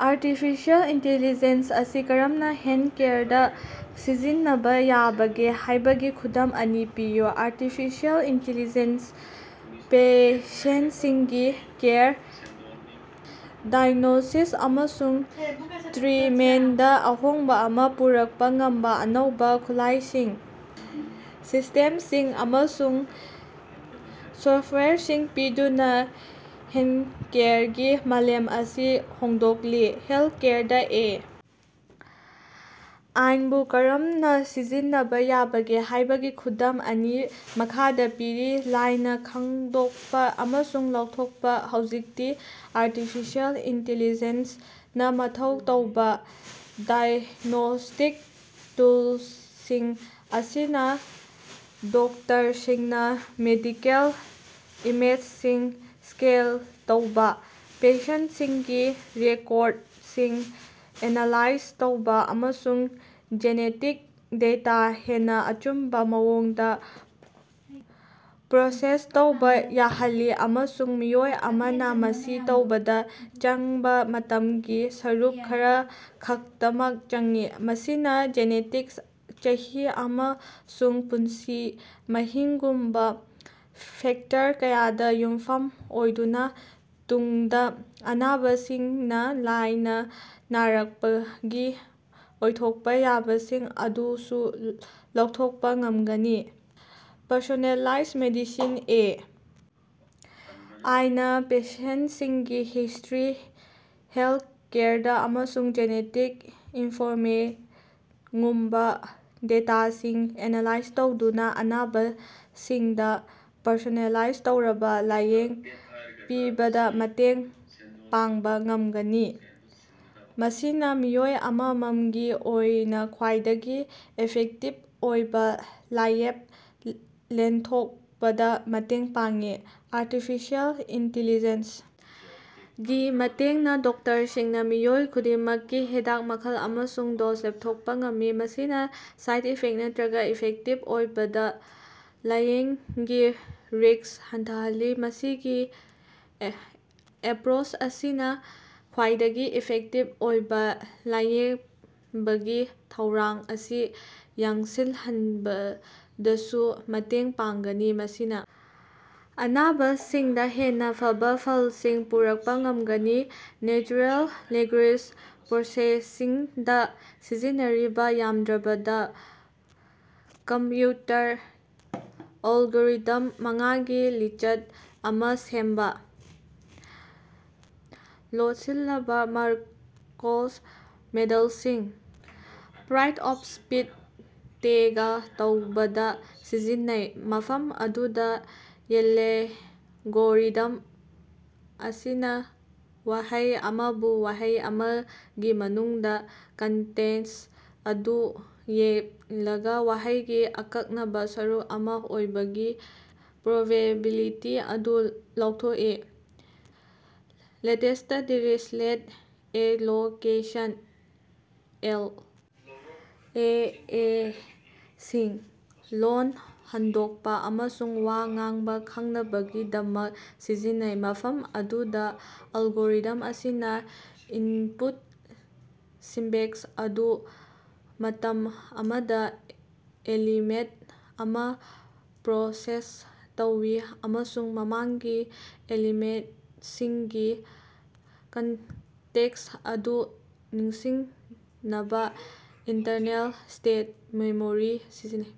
Artificial intelligence ꯑꯁꯤ ꯀꯔꯝꯅꯥ ꯍꯦꯟꯊꯀꯦꯌꯔꯗ ꯁꯤꯖꯤꯟꯅꯕ ꯌꯥꯕꯒꯦ ꯍꯥꯏꯕꯒꯤ ꯈꯨꯗꯝ ꯑꯅꯤ ꯄꯤꯌꯨ꯫ ꯑꯥꯔꯇꯤꯐꯤꯁꯤꯑꯦꯜ ꯏꯟꯇꯦꯂꯤꯖꯦꯟꯁꯅ ꯄꯦꯁꯦꯟꯠꯁꯤꯡꯒꯤ ꯀꯦꯌꯔ, ꯗꯥꯏꯒ꯭ꯅꯣꯁꯤꯁ ꯑꯃꯁꯨꯡ ꯇ꯭ꯔꯤꯃꯦꯟꯠꯗ ꯑꯍꯣꯡꯕ ꯑꯃ ꯄꯨꯔꯛꯄ ꯉꯝꯕ ꯑꯅꯧꯕ ꯈꯨꯠꯂꯥꯏꯁꯤꯡ, ꯁꯤꯁ꯭ꯇꯦꯝꯁꯤꯡ ꯑꯃꯁꯨꯡ ꯁꯣꯐꯋꯦꯌꯔꯁꯤꯡ ꯄꯤꯗꯨꯅ ꯍꯦꯟꯊꯀꯦꯌꯔꯒꯤ ꯃꯥꯂꯦꯝ ꯑꯁꯤ ꯍꯣꯡꯗꯣꯛꯂꯤ꯫ ꯍꯦꯜꯊꯀꯦꯌꯔꯗ ꯑꯦ. ꯑꯥꯏꯟ꯬ ꯕꯨ ꯀꯔꯝꯅ ꯁꯤꯖꯤꯟꯅꯕ ꯌꯥꯕꯒꯦ ꯍꯥꯏꯕꯒꯤ ꯈꯨꯗꯝ ꯑꯅꯤ ꯃꯈꯥꯗꯥ ꯄꯤꯔꯤ: ꯂꯥꯏꯅꯥ ꯈꯪꯗꯣꯛꯄ ꯑꯃꯁꯨꯡ ꯂꯧꯊꯣꯛꯄ: ꯍꯧꯖꯤꯛꯇꯤ ꯑꯥꯔꯇꯤꯐꯤꯁꯤꯑꯦꯜ ꯏꯟꯇꯦꯂꯤꯖꯦꯟꯁꯅ ꯃꯊꯧ ꯇꯧꯕ ꯗꯥꯏꯒ꯭ꯅꯣꯁ꯭ꯇꯤꯛ ꯇꯨꯜꯁꯤꯡ ꯑꯁꯤꯅ ꯗꯣꯛꯇꯔꯁꯤꯡꯅ ꯃꯦꯗꯤꯀꯦꯜ ꯏꯃꯦꯖꯁꯤꯡ ꯁ꯭ꯀꯦꯜ ꯇꯧꯕ, ꯄꯦꯁꯦꯟꯠꯁꯤꯡꯒꯤ ꯔꯦꯀꯣꯔꯗꯁꯤꯡ ꯑꯦꯅꯥꯂꯥꯏꯖ ꯇꯧꯕ ꯑꯃꯁꯨꯡ ꯖꯦꯅꯦꯇꯤꯛ ꯗꯦꯇꯥ ꯍꯦꯟꯅ ꯑꯆꯨꯝꯕ ꯃꯑꯣꯡꯗ ꯄ꯭ꯔꯣꯁꯦꯁ ꯇꯧꯕ ꯌꯥꯍꯜꯂꯤ ꯑꯃꯁꯨꯡ ꯃꯤꯑꯣꯏ ꯑꯃꯅ ꯃꯁꯤ ꯇꯧꯕꯗ ꯆꯪꯕꯥ ꯃꯇꯝꯒꯤ ꯁꯔꯨꯛ ꯈꯔꯈꯛꯇꯃꯛ ꯆꯪꯏ꯫ ꯃꯁꯤꯅ ꯖꯦꯅꯦꯇꯤꯛꯁ, ꯆꯍꯤ, ꯑꯃꯁꯨꯡ ꯄꯨꯟꯁꯤ ꯃꯍꯤꯡꯒꯨꯝꯕ ꯐꯦꯛꯇꯔ ꯀꯌꯥꯗ ꯌꯨꯝꯐꯝ ꯑꯣꯏꯗꯨꯅ ꯇꯨꯡꯗ ꯑꯅꯥꯕꯁꯤꯡꯅ ꯂꯥꯏꯅꯥ ꯅꯥꯔꯛꯄꯒꯤ ꯑꯣꯏꯊꯣꯛꯄ ꯌꯥꯕꯁꯤꯡ ꯑꯗꯨꯁꯨ ꯂꯧꯊꯣꯛꯄ ꯉꯝꯒꯅꯤ꯫ Personalize medicine: A. ꯑꯥꯏ. ꯅ ꯄꯦꯁꯦꯟꯠꯁꯤꯡꯒꯤ ꯍꯤꯁ꯭ꯇꯔꯤ, ꯍꯦꯜꯊ ꯀꯦꯌꯔꯗ, ꯑꯃꯁꯨꯡ ꯖꯦꯅꯦꯇꯤꯛ ꯏꯅꯐꯣꯔꯃꯦꯉꯨꯝꯕ ꯗꯦꯇꯥꯁꯤꯡ ꯑꯦꯅꯥꯂꯥꯏꯖ ꯇꯧꯗꯨꯅ ꯑꯅꯥꯕꯁꯤꯡꯗ ꯄꯔꯁꯣꯅꯦꯂꯥꯏꯖ ꯇꯧꯔꯕ ꯂꯥꯌꯦꯡ ꯄꯤꯕꯗ ꯃꯇꯦꯡ ꯄꯥꯡꯕ ꯉꯝꯒꯅꯤ꯫ ꯃꯁꯤꯅ ꯃꯤꯑꯣꯏ ꯑꯃꯃꯝꯒꯤ ꯑꯣꯏꯅ ꯈ꯭ꯋꯥꯏꯗꯒꯤ ꯏꯐꯦꯛꯇꯤꯚ ꯑꯣꯏꯕ ꯂꯥꯏꯌꯦꯞ ꯂꯦꯞꯊꯣꯛꯄꯗ ꯃꯇꯦꯡ ꯄꯥꯡꯏ꯫ ꯑꯥꯔꯇꯤꯐꯤꯁꯤꯑꯦꯜ ꯏꯟꯇꯦꯂꯤꯖꯦꯟꯁ ꯒꯤ ꯃꯇꯦꯡꯅ ꯗꯣꯛꯇꯔꯁꯤꯡꯅ ꯃꯤꯑꯣꯏ ꯈꯨꯗꯤꯡꯃꯛꯀꯤ ꯍꯤꯗꯥꯛ ꯃꯈꯜ ꯑꯃꯁꯨꯡ ꯗꯣꯖ ꯂꯦꯄꯊꯣꯛꯄ ꯉꯝꯃꯤ, ꯃꯁꯤꯅ ꯁꯥꯏꯗ ꯏꯐꯦꯛ ꯅꯠꯇꯔꯒ ꯏꯐꯦꯛꯇꯤꯕ ꯑꯣꯏꯗꯕ ꯂꯥꯏꯌꯦꯡꯒꯤ ꯔꯤꯁ꯭ꯛ ꯍꯟꯊꯍꯜꯂꯤ꯫ ꯃꯁꯤꯒꯤ ꯑꯦꯄ꯭ꯔꯣꯆ ꯑꯁꯤꯅꯥ ꯈ꯭ꯋꯥꯏꯗꯒꯤ ꯏꯐꯦꯛꯇꯤꯕ ꯑꯣꯏꯕꯥ ꯂꯥꯏꯌꯦꯕꯒꯤ ꯊꯧꯔꯥꯡ ꯑꯁꯤ ꯌꯥꯡꯁꯤꯟꯍꯟꯕꯗꯁꯨ ꯃꯇꯦꯡ ꯄꯥꯡꯒꯅꯤ, ꯃꯁꯤꯅ ꯑꯅꯥꯕꯁꯤꯡꯗ ꯍꯦꯟꯅ ꯐꯕ ꯐꯜꯁꯤꯡ ꯄꯨꯔꯛꯄ ꯉꯝꯒꯅꯤ꯫ ꯅꯦꯆꯔꯦꯜ ꯂꯦꯡꯒꯨꯌꯦꯖ ꯄ꯭ꯔꯣꯁꯦꯁꯤꯡꯗ ꯁꯤꯖꯤꯟꯅꯔꯤꯕ ꯌꯥꯝꯗ꯭ꯔꯕꯗ ꯀꯝꯞꯌꯨꯇꯔ ꯑꯜꯒꯣꯔꯤꯊꯝ ꯃꯉꯥꯒꯤ ꯂꯤꯁ꯭ꯠ ꯑꯃ ꯁꯦꯝꯕ꯫ ꯂꯣꯠꯁꯤꯜꯂꯕ ꯃꯥꯔꯀꯣꯁ ꯃꯣꯗꯦꯂꯁꯤꯡ: ꯄꯥꯔꯠ-ꯑꯣꯐ-ꯁ꯭ꯄꯤꯆ ꯇꯦꯒ ꯇꯧꯕꯗꯥ ꯁꯤꯖꯤꯟꯅꯩ, ꯃꯐꯝ ꯑꯗꯨꯗ ꯢꯂꯦꯒꯣꯔꯤꯊꯝ ꯑꯁꯤꯅ ꯋꯥꯍꯩ ꯑꯃꯕꯨ ꯋꯥꯍꯩ ꯑꯃꯒꯤ ꯃꯅꯨꯡꯗ ꯀꯟꯇꯦꯛꯁ ꯑꯗꯨ ꯌꯦꯡꯂꯒ ꯋꯥꯍꯩꯒꯤ ꯑꯀꯛꯅꯕ ꯁꯔꯨꯛ ꯑꯃ ꯑꯣꯏꯕꯒꯤ ꯄ꯭ꯔꯣꯕꯦꯕꯤꯂꯤꯇꯤ ꯑꯗꯨ ꯂꯧꯊꯣꯛꯏ꯫ Latent Dirichlet allocation (L. N. N.) ꯁꯤꯡ: ꯂꯣꯜ ꯍꯟꯗꯣꯛꯄ ꯑꯃꯁꯨꯡ ꯋꯥ ꯉꯥꯡꯕ ꯈꯪꯅꯕꯒꯤꯗꯃꯛ ꯁꯤꯖꯤꯟꯅꯩ, ꯃꯐꯝ ꯑꯗꯨꯗ ꯑꯦꯂꯒꯣꯔꯤꯊꯝ ꯑꯁꯤꯅ ꯏꯅꯄꯨꯠ ꯁꯤꯡꯕꯦꯛꯁ ꯑꯗꯨ ꯃꯇꯝ ꯑꯃꯗ ꯑꯦꯂꯤꯃꯦꯟꯠ ꯑꯃ ꯄ꯭ꯔꯣꯁꯦꯁ ꯇꯧꯏ ꯑꯃꯁꯨꯡ ꯃꯃꯥꯡꯒꯤ ꯑꯦꯂꯤꯃꯦꯟꯇꯁꯤꯡꯒꯤ ꯀꯟꯇꯦꯛꯁ ꯑꯗꯨ ꯅꯤꯡꯁꯤꯡꯅꯕ ꯏꯟꯇꯔꯅꯦꯜ ꯁ꯭ꯇꯦꯠ ꯃꯦꯃꯣꯔꯤ ꯁꯤꯖꯤꯟꯅꯩ꯫